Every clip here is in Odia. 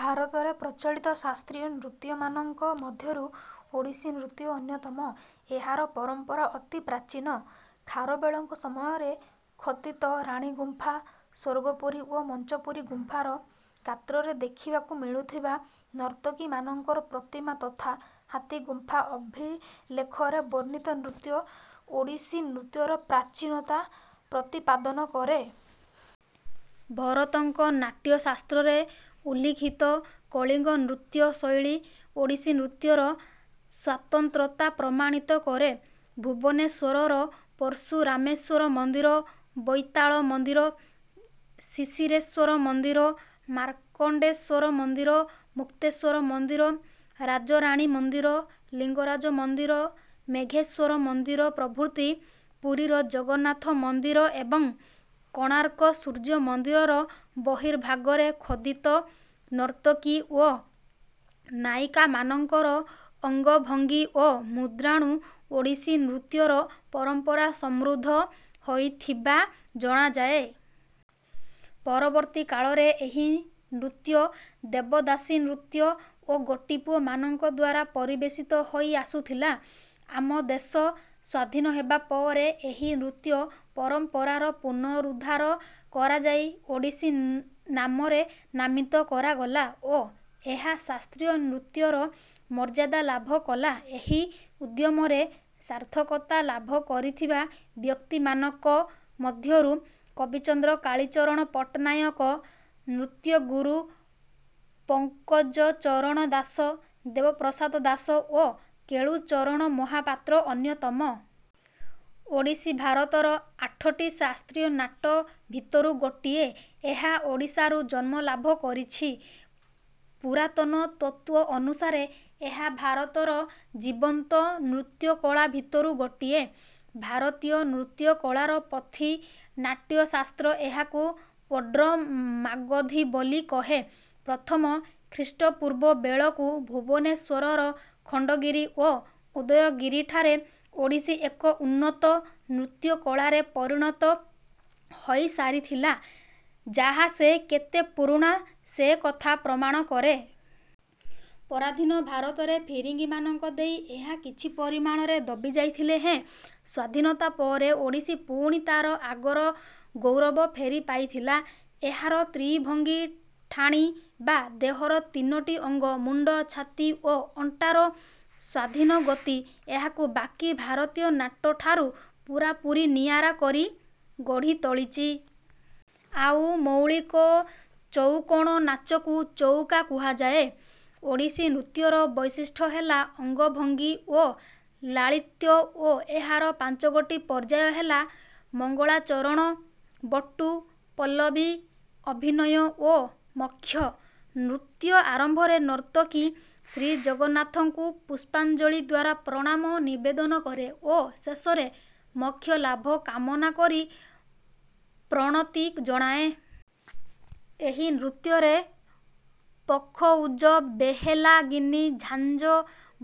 ଭାରତରେ ପ୍ରଚଳିତ ଶାସ୍ତ୍ରୀୟ ନୃତ୍ୟମାନଙ୍କ ମଧ୍ୟରୁ ଓଡ଼ିଶୀ ନୃତ୍ୟ ଅନ୍ୟତମ। ଏହାର ପରମ୍ପରା ଅତି ପ୍ରାଚୀନ। ଖାରବେଳଙ୍କ ସମୟରେ ଖୋତିତ ରାଣୀଗୁମ୍ଫା, ସ୍ୱର୍ଗପୁରୀ ଓ ମଞ୍ଚପୁରୀ ଗୁମ୍ଫାର ଗାତ୍ରରେ ଦେଖିବାକୁ ମିଳୁଥିବା ନର୍ତ୍ତକୀମାନଙ୍କର ପ୍ରତିମା ତଥା ହାତୀଗୁମ୍ଫା ଅଭିଲେଖରେ ବର୍ଣ୍ଣିତ ନୃତ୍ୟ ଓଡ଼ିଶୀନୃତ୍ୟର ପ୍ରାଚୀନତା ପ୍ରତିପାଦନ କରେ। ଭରତଙ୍କ ନାଟ୍ୟଶାସ୍ତ୍ରରେ ଉଲ୍ଲିଖିତ କଳିଙ୍ଗ ନୃତ୍ୟ ଶୈଳୀ ଓଡ଼ିଶୀ ନୃତ୍ୟର ସ୍ୱାତନ୍ତ୍ରତା ପ୍ରମାଣିତ କରେ। ଭୁବନେଶ୍ୱରର ପର୍ଶୁରାମେଶ୍ୱର ମନ୍ଦିର, ବୈତାଳ ମନ୍ଦିର, ଶିଶିରେଶ୍ୱର ମନ୍ଦିର, ମାର୍କଣ୍ଡେଶ୍ୱର ମନ୍ଦିର, ମୁକ୍ତେଶ୍ୱର ମନ୍ଦିର, ରାଜରାଣୀ ମନ୍ଦିର, ଲିଙ୍ଗରାଜ ମନ୍ଦିର, ମେଘେଶ୍ୱର ମନ୍ଦିର ପ୍ରଭୃତି, ପୁରୀର ଜଗନ୍ନାଥ ମନ୍ଦିର ଏବଂ କୋଣାର୍କ ସୂର୍ଯ୍ୟମନ୍ଦିରର ବର୍ହିଭାଗରେ ଖୋଦିତ ନର୍ତ୍ତକୀ ଓ ନାୟିକାମାନଙ୍କର ଅଙ୍ଗଭଙ୍ଗୀ ଓ ମୁଦ୍ରାରୁ ଓଡ଼ିଶୀ ନୃତ୍ୟର ପରମ୍ପରା ସମୃଦ୍ଧ ହୋଇଥିବା ଜଣାଯାଏ। ପରବର୍ତ୍ତୀ କାଳରେ ଏହି ନୃତ୍ୟ ଦେବଦାସୀ ନୃତ୍ୟ ଓ ଗୋଟିପୁଅମାନଙ୍କଦ୍ୱାରା ପରିବେଷିତ ହୋଇ ଆସୁଥିଲା। ଆମଦେଶ ସ୍ୱାଧୀନ ହେବା ପରେ ଏହି ନୃତ୍ୟ ପରମ୍ପରାର ପୁନରୁଦ୍ଧାର କରାଯାଇ ଓଡ଼ିଶୀ ନାମରେ ନାମିତ କରାଗଲା ଓ ଏହା ଶାସ୍ତ୍ରୀୟ ନୃତ୍ୟର ମର୍ଯ୍ୟାଦା ଲାଭ କଲା। ଏହି ଉଦ୍ୟମରେ ସାର୍ଥକତା ଲାଭକରିଥିବା ବ୍ୟକ୍ତିମାନକ ମଧ୍ୟରୁ କବିଚନ୍ଦ୍ର କାଳୀଚରଣ ପଟ୍ଟନାୟକ, ନୃତ୍ୟଗୁରୁ ପଙ୍କଜଚରଣ ଦାସ, ଦେବପ୍ରସାଦ ଦାସ ଓ କେଳୁଚରଣ ମହାପାତ୍ର ଅନ୍ୟତମ। ଓଡ଼ିଶୀ ଭାରତର ଆଠଟି ଶାସ୍ତ୍ରୀୟ ନାଟ ଭିତରୁ ଗୋଟିଏ। ଏହା ଓଡ଼ିଶାରୁ ଜନ୍ମ ଲାଭ କରିଛି। ପୁରାତନ ତତ୍ୱ ଅନୁସାରେ ଏହା ଭାରତର ଜୀବନ୍ତ ନୃତ୍ୟକଳା ଭିତରୁ ଗୋଟିଏ। ଭାରତୀୟ ନୃତ୍ୟକଳାର ପୋଥି ନାଟ୍ୟ ଶାସ୍ତ୍ର ଏହାକୁ ଓଡ୍ର ମାଗଧି ବୋଲି କହେ। ପ୍ରଥମ ଖ୍ରୀଷ୍ଟପୂର୍ବ ବେଳକୁ ଭୁବନେଶ୍ୱରର ଖଣ୍ଡଗିରି ଓ ଉଦୟଗିରିଠାରେ ଓଡ଼ିଶୀ ଏକ ଉନ୍ନତ ନୃତ୍ୟକଳାରେ ପରିଣତ ହୋଇସାରିଥିଲା ଯାହା ସେ କେତେ ପୁରୁଣା ସେକଥା ପ୍ରମାଣ କରେ। ପରାଧୀନ ଭାରତରେ ଫିରିଙ୍ଗିମାନଙ୍କ ଦେଇ ଏହା କିଛି ପରିମାଣରେ ଦବିଯାଇଥିଲେ ହେଁ ସ୍ୱାଧୀନତା ପରେ ଓଡ଼ିଶୀ ପୁଣି ତାର ଆଗର ଗୌରବ ଫେରିପାଇଥିଲା। ଏହାର ତ୍ରିଭଙ୍ଗୀ ଠାଣି ବା ଦେହର ତିନୋଟି ଅଙ୍ଗ ମୁଣ୍ଡ, ଛାତି ଓ ଅଣ୍ଟାର ସ୍ୱାଧୀନ ଗତି ଏହାକୁ ବାକି ଭାରତୀୟ ନାଟ ଠାରୁ ପୁରାପୁରି ନିଆରା କରି ଗଢ଼ିତୋଳିଛି। ଆଉ ମୌଳିକ ଚଉକୋଣ ନାଚକୁ ଚଉକା କୁହାଯାଏ। ଓଡ଼ିଶୀନୃତ୍ୟର ବୈଶିଷ୍ଟ ହେଲା ଅଙ୍ଗଭଙ୍ଗୀ ଓ ଲାଳିତ୍ୟ ଓ ଏହାର ପାଞ୍ଚଗୋଟି ପର୍ଯ୍ୟାୟ ହେଲା: ମଙ୍ଗଳାଚରଣ, ବଟୁ, ପଲ୍ଲବୀ, ଅଭିନୟ ଓ ମୋକ୍ଷ। ନୃତ୍ୟ ଆରମ୍ଭରେ ନର୍ତ୍ତକୀ ଶ୍ରୀଜଗନ୍ନାଥଙ୍କୁ ପୁଷ୍ପାଞ୍ଜଳୀଦ୍ୱାରା ପ୍ରଣାମ ନିବେଦନ କରେ ଓ ଶେଷରେ ମୋକ୍ଷ ଲାଭ କାମନା କରି ପ୍ରଣତି ଜଣାଏ। ଏହି ନୃତ୍ୟରେ ପଖଉଜ, ବେହେଲା, ଗିନି, ଝାଞ୍ଜ,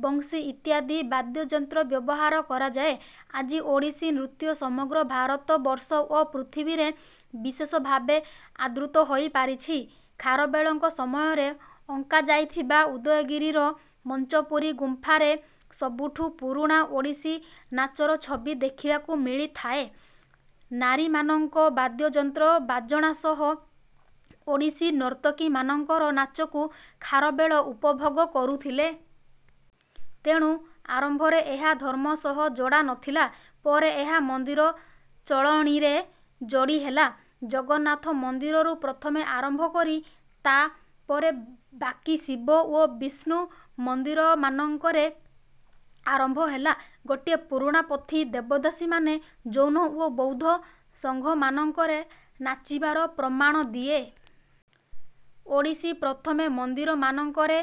ବଂଶୀ ଇତ୍ୟାଦି ବାଦ୍ୟଯନ୍ତ୍ର ବ୍ୟବହାର କରାଯାଏ। ଆଜି ଓଡ଼ିଶୀ ନୃତ୍ୟ ସମଗ୍ର ଭାରତ ବର୍ଷ ଓ ପୃଥିବୀରେ ବିଶେଷଭାବେ ଆଦୃତ ହୋଇପାରିଛି। ଖାରବେଳଙ୍କ ସମୟରେ ଅଙ୍କାଯାଇଥିବା ଉଦୟଗିରିର ମଞ୍ଚପୁରି ଗୁମ୍ଫାରେ ସବୁଠୁ ପୁରୁଣା ଓଡ଼ିଶୀ ନାଚର ଛବି ଦେଖିବାକୁ ମିଳିଥାଏ। ନାରୀମାନଙ୍କ ବାଦ୍ୟଯନ୍ତ୍ର ବାଜଣା ସହ ଓଡ଼ିଶୀ ନର୍ତ୍ତକୀମାନଙ୍କର ନାଚକୁ ଖାରବେଳ ଉପଭୋଗ କରୁଥିଲେ। ତେଣୁ ଆରମ୍ଭରେ ଏହା ଧର୍ମ ସହ ଯୋଡ଼ା ନଥିଲା, ପରେ ଏହା ମନ୍ଦିର ଚଳଣିରେ ଯୋଡ଼ିହେଲା। ଜଗନ୍ନାଥ ମନ୍ଦିରରୁ ପ୍ରଥମେ ଆରମ୍ଭ କରି ତା ପରେ ବାକି ଶିବ ଓ ବିଷ୍ନୁ ମନ୍ଦିରମାନଙ୍କରେ ଆରମ୍ଭ ହେଲା। ଗୋଟିଏ ପୁରୁଣା ପୋଥି ଦେବଦାସୀମାନେ ଜୈନ ଓ ବୌଦ୍ଧ ସଙ୍ଘମାନଙ୍କରେ ନାଚିବାର ପ୍ରମାଣ ଦିଏ। ଓଡ଼ିଶୀ, ପ୍ରଥମେ ମନ୍ଦିରମାନଙ୍କରେ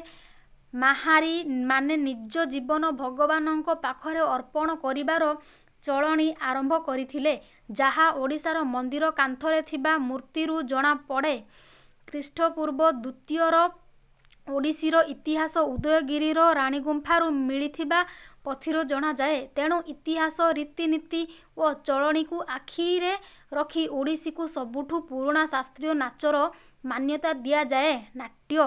ମାହାରି ମାନେ ନିଜ ଜୀବନ ଭଗବାନଙ୍କ ପାଖରେ ଅର୍ପଣ କରିବାର ଚଳଣି ଆରମ୍ଭ କରିଥିଲେ ଯାହା ଓଡ଼ିଶାର ମନ୍ଦିର କାନ୍ଥରେ ଥିବା ମୂର୍ତ୍ତୀରୁ ଜଣାପଡ଼େ। ଖ୍ରୀଷ୍ଟପୂର୍ବ ଦ୍ୱିତୀୟର ଓଡ଼ିଶୀର ଇତିହାସ ଉଦୟଗିରିର ରାଣୀଗୁମ୍ଫାରୁ ମିଳିଥିବା ପୋଥିରୁ ଜଣାଯାଏ। ତେଣୁ ଇତିହାସ, ରିତିନୀତି ଓ ଚଳଣିକୁ ଆଖିରେ ରଖି ଓଡ଼ିଶୀକୁ ସବୁଠୁ ପୁରୁଣା ଶାସ୍ତ୍ରୀୟ ନାଚର ମାନ୍ୟତା ଦିଆଯାଏ। ନାଟ୍ୟ